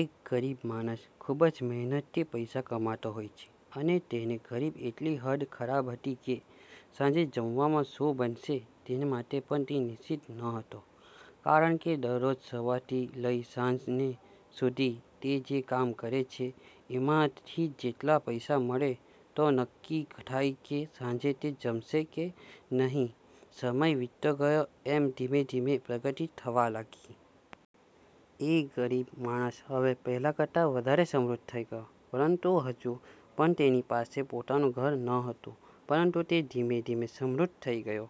એક ગરીબ માણસ ખૂબ જ મહેનત થી પૈસા કમાતો હોય છે, અને તેને ગરીબ એટલી હદે ખરાબ હતી કે સાંજે જમવામાં શું બનશે તેના માટે પણ તે નિશ્ચિત ન હતો, કારણકે દરરોજ સવારથી લઇ સાંજની સુધી તે જે કામ કરે છે એમાંથી જેટલા પૈસા મળે તો નક્કી થાય કે સાંજે તે જમશે કે નહીં, સમય વીતતો ગયો એમ ધીમે ધીમે પ્રગતિ થવા લાગી. એ ગરીબ માણસ હવે પહેલા કરતા વધારે સમૃદ્ધ થઈ ગયો, પરંતુ હજુ પણ તેની પાસે પોતાનું ઘર નહોતું. પરંતુ તે ધીમે-ધીમે સમૃદ્ધ થતો ગયો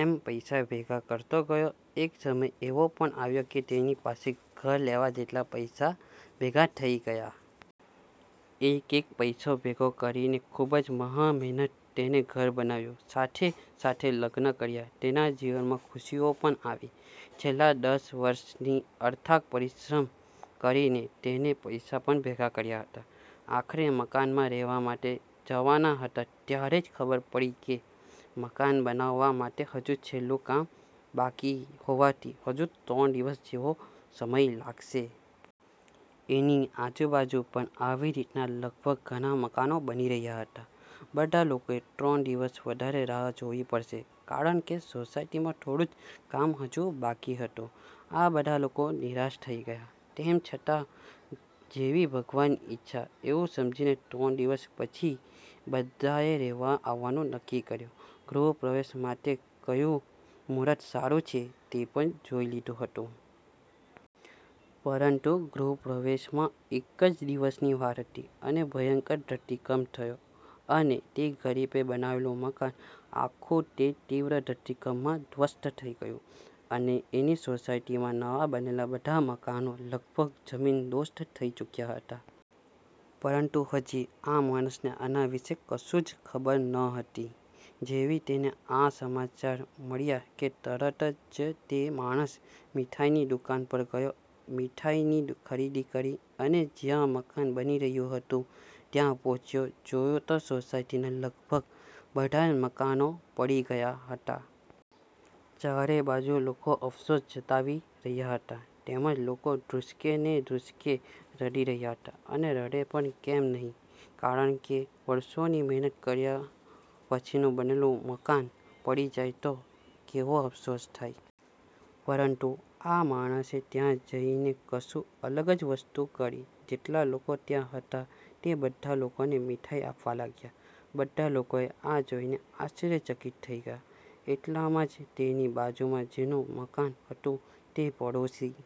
એમ પૈસા પણ ભેગા કરતો ગયો, એક સમય એવો પણ આવ્યો કે તેની પાસે ઘર લેવા જેટલા પૈસા ભેગા થઈ ગયા. એક એક પૈસો ભેગો કરીને ખુબ જ મહામહેનતે તેને ઘર બનાવ્યું સાથે સાથે લગ્ન કર્યા તેના જીવનમાં ખુશીઓ પણ આવી. છેલ્લા દસ વર્ષથી અથાગ પરિશ્રમ કરીને તેને પૈસા પણ ભેગા કર્યા હતા. આખરે મકાનમાં રહેવા માટે જવાના હતા ત્યાંરેજ ખબર પડી કે મકાન બનાવવા માટે હજુ છેલ્લું કામ બાકી હોવાથી હજુ ત્રણ દિવસ જેવો સમય લાગશે. એની આજુબાજુ પણ આવી રીતના લગભગ ઘણા મકાનો બની રહ્યા હતા. બધા લોકોને ત્રણ દિવસ વધારે રાહ જોવી પડશે કારણકે સોસાયટીમાં થોડુંજ કામ હજુ બાકી હતું. આ બધા લોકો નિરાશ થઈ ગયા. તેમ છતાં જેવી ભગવાન ઈચ્છા એવું સમજીને ત્રણ દિવસ પછી બધાએ રહેવા આવવાનું નક્કી કર્યું ગૃહ પ્રવેશ માટે કયું મુહૂર્ત સારું છે તે પણ જોઈ લીધું હતું. પરંતુ ગૃહ પ્રવેશમાં એકજ દિવસની જ વાર હતી અને ભયંકર ધરતીકંપ થયો અને તે ગરીબ એ બનાવેલું મકાન આખું તે તીવ્ર ધરતીકંપ મા ધ્વસ્ત થઈ ગયું. અને એની સોસાયટીમાં નવા બનેલા બધા મકાનો લગભગ જમીનદોસ્ત થઈ ચૂક્યા હતા. પરંતુ હજી આ માણસને આના વિષે કશું જ ખબર નહોતી. જેવી તેને આ સમાચાર મળ્યા કે તરત જ તે માણસ મીઠાઈ ની દુકાન પર ગયો. મીઠાઈની ખરીદી કરી અને જ્યાં મકાન બની રહ્યું હતું ત્યાં પહોંચ્યો, જોયું તો સોસાયટીના લગભગ બધા મકાનો પડી ગયા હતા. ચારે બાજુ લોકો અફસોસ જતાવી રહ્યા હતા તેમજ લોકો ધ્રુસ્કે ને ધ્રુસ્કે રડી રહ્યા હતા. અને રડે પણ કેમ નહીં કારણકે વર્ષોની મહેનત કર્યા પછીનુ બનેલું મકાન પડી જાય તો કેવો અફસોસ થાય. પરંતુ આ માણસે ત્યાં જઈને કશું અલગ જ વસ્તુ કરી જેટલા લોકો ત્યાં હતા તે બધા લોકોને મીઠાઈ આપવા લાગ્યા. બધા લોકો આ જોઇને આશ્ચર્ય ચકિત થઈ ગયા, એટલામાં જ તેની બાજુમાં જેનું મકાન હતું તે પડોશી